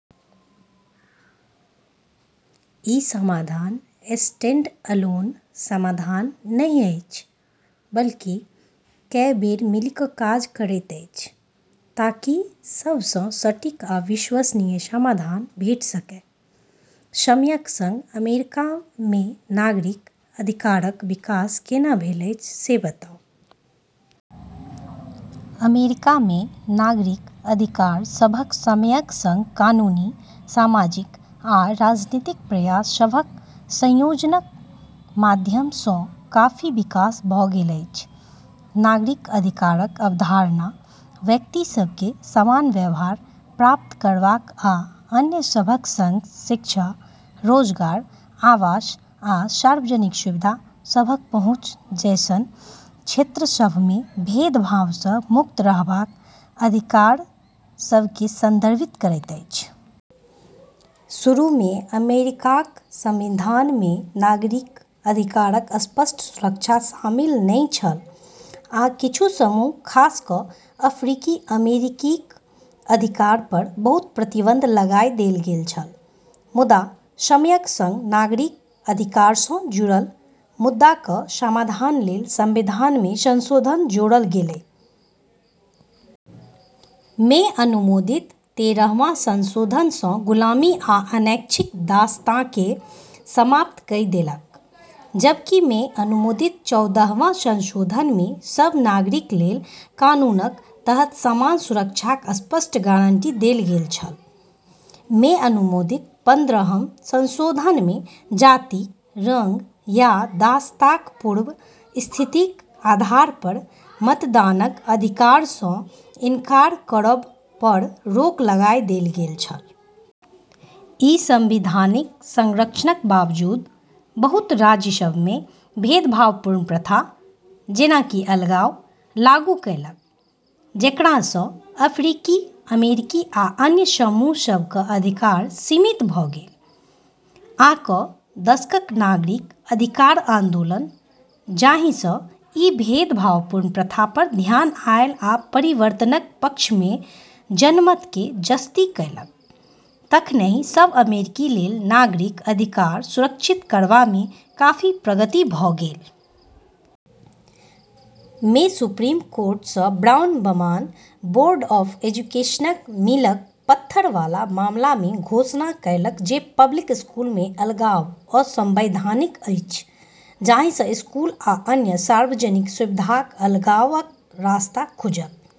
ई समाधान स्टैंडअलोन समाधान नहि अछि बल्कि कए बेर मिलि कऽ काज करैत अछि, ताकि सबसँ सटीक आ विश्वसनीय समाधान भेट सकए। समयक संग अमेरिकामे नागरिक अधिकारक विकास केना भेल अछि से बताउ। अमेरिकामे नागरिक अधिकार सभक समयक सँग कानूनी, सामाजिक आ राजनीतिक प्रयास सभक संयोजनक माध्यमसँ काफी विकास भऽ गेल अछि। नागरिक अधिकारक अवधारणा व्यक्तिसभकेँ समान व्यवहार प्राप्त करबाक आ अन्य सभक संग शिक्षा, रोजगार, आवास, आ सार्वजनिक सुविधा सभक पहुँच जैसन क्षेत्रसभमे भेदभावसँ मुक्त रहबाक अधिकारसभकेँ संदर्भित करैत अछि। शुरूमे अमेरिकाक संविधानमे नागरिक अधिकारक स्पष्ट सुरक्षा शामिल नहि छल, आ किछु समूह खास कऽ अफ्रीकी अमेरिकीक अधिकारपर बहुत प्रतिबंध लगाए देल गेल छल। मुदा समयक सँग नागरिक अधिकारसँ जुड़ल मुद्दाक समाधानलेल संविधानमे संशोधन जोड़ल गेलै। मे अनुमोदित तेरहवाँ संशोधन सँ गुलामी आ अनैच्छिक दासताकेँ समाप्त कइ देलक, जबकि मे अनुमोदित चौदहवाँ संशोधनमे सब नागरिकलेल कानूनक तहत समान सुरक्षाक स्पष्ट गारंटी देल गेल छल। मे अनुमोदित पन्द्रहम संशोधनमे जाति, रंग या दासताक पूर्व स्थितिक आधारपर मतदानक अधिकारसँ इंकार करबपर रोक लगाए देल गेल छल। ई संवैधानिक संरक्षणक बावजूद, बहुत राज्यसभमे भेदभावपूर्ण प्रथा, जेना कि अलगाव, लागू कएलक, जेकरासँ अफ्रीकी अमेरिकी आ अन्य समूहसभक अधिकार सीमित भऽ गेल। आ क दशकक नागरिक अधिकार आंदोलन, जाहिसँ ई भेदभावपूर्ण प्रथापर ध्यान आएल आ परिवर्तनक पक्षमे जनमतकेँ जस्ती कएलक, तखनहि सब अमेरिकी लेल नागरिक अधिकार सुरक्षित करबामे काफी प्रगति भऽ गेल। मे सुप्रीम कोर्ट सँ ब्राउन बनाम बोर्ड ऑफ एजुकेशनक मीलक पत्थरबाला मामलामे घोषणा कएलक जे पब्लिक स्कूलमे अलगाव असंवैधानिक अछि, जाहिसँ स्कूल आ अन्य सार्वजनिक सुविधाक अलगावक रास्ता खुजल।